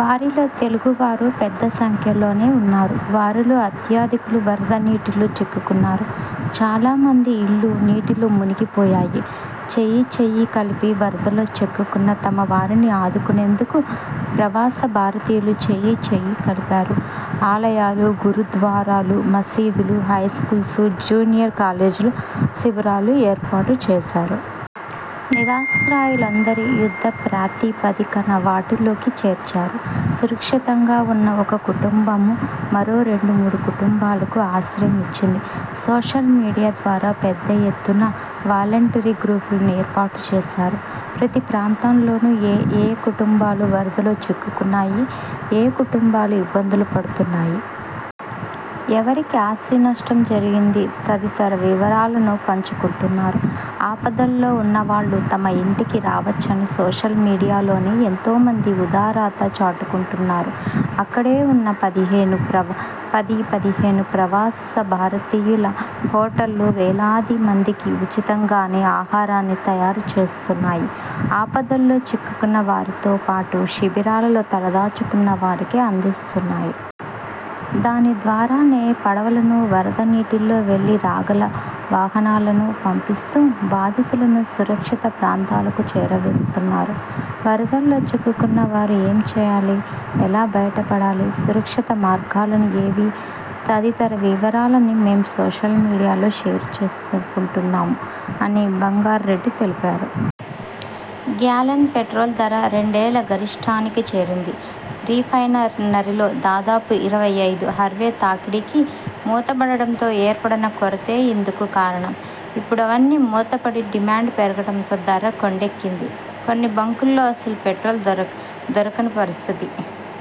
వారిలో తెలుగు వారూ పెద్ద సంఖ్యలోనే ఉన్నారు. వారిలో అత్యధికులు వరద నీటిలో చిక్కుకున్నారు. చాలా మంది ఇళ్లు నీటిలో మునిగి పోయాయి. చేయీ చేయీ కలిపి వరదల్లో చిక్కుకున్న తమ వారిని ఆదుకునేందుకు ప్రవాస భారతీయులు చేయి చేయి కలిపారు. ఆలయాలు, గురు ద్వారాలు, మసీదులు, హైస్కూళ్లు, జూనియర్ కాలేజీల్లో శిబిరాలు ఏర్పాటు చేశారు. నిరాశ్రయులందరినీ యుద్ధ ప్రాతిపదికన వాటిలోకి చేర్చారు. సురక్షితంగా ఉన్న ఒక్కో కుటుంబమూ మరో రెండు ,మూడు కుటుంబాలకు ఆశ్రయం ఇచ్చింది. సోషల్ మీడియా ద్వారా పెద్ద ఎత్తున వాలంటరీ గ్రూపులను ఏర్పాటు చేశారు. ప్రతి ప్రాంతంలోనూ ఏయే కుటుంబాలు వరదలో చిక్కుకున్నాయి? ఏయే కుటుంబాలు ఇబ్బందులు పడుతున్నాయి? ఎవరికి ఆస్తి నష్టం జరిగింది? తదితర వివరాలను పంచుకుంటున్నారు. ఆపదలో ఉన్నవాళ్లు తమ ఇంటికి రావచ్చని సోషల్ మీడియాలోనే ఎంతోమంది ఉదారత చాటుకుంటున్నారు. అక్కడే ఉన్న పది పదిహేను ప్రవాస భారతీయుల హోటళ్లు వేలాది మందికి ఉచితం గానే ఆహారాన్ని తయారు చేస్తున్నాయి. ఆపదలో చిక్కుకున్న వారితోపాటు శిబిరాల్లో తల దాచుకున్న వారికి అందిస్తున్నాయి. దాని ద్వారానే పడవలను, వరద నీటిలో వెళ్లి రాగల వాహనాలను పంపిస్తూ బాధితులను సురక్షిత ప్రాంతాలకు చేరవేస్తున్నారు. వరదల్లో చిక్కుకున్న వారు ఏం చేయాలి? ఎలా బయటపడాలి? సురక్షిత మార్గాలు ఏవి? తదితర వివరాలన్నీ మేం సోషల్ మీడియాలో షేర్ చేసుకుంటున్నాం అని బంగార్ రెడ్డి తెలిపారు. గ్యాలన్ పెట్రోల్ ధర రెండేళ్ల గరిష్ఠానికి చేరింది. రిఫైనర్లల్లో దాదాపు ఇరవై ఐదుు హార్వే తాకిడికి మూత పడటంతో ఏర్పడిన కొరతే ఇందుకు కారణం. ఇప్పుడవన్నీ మూతపడి డిమాండ్ పెరగడంతో ధర కొండెక్కింది. కొన్ని బంకుల్లో అసలు పెట్రోలు దొరకని పరిస్థితి.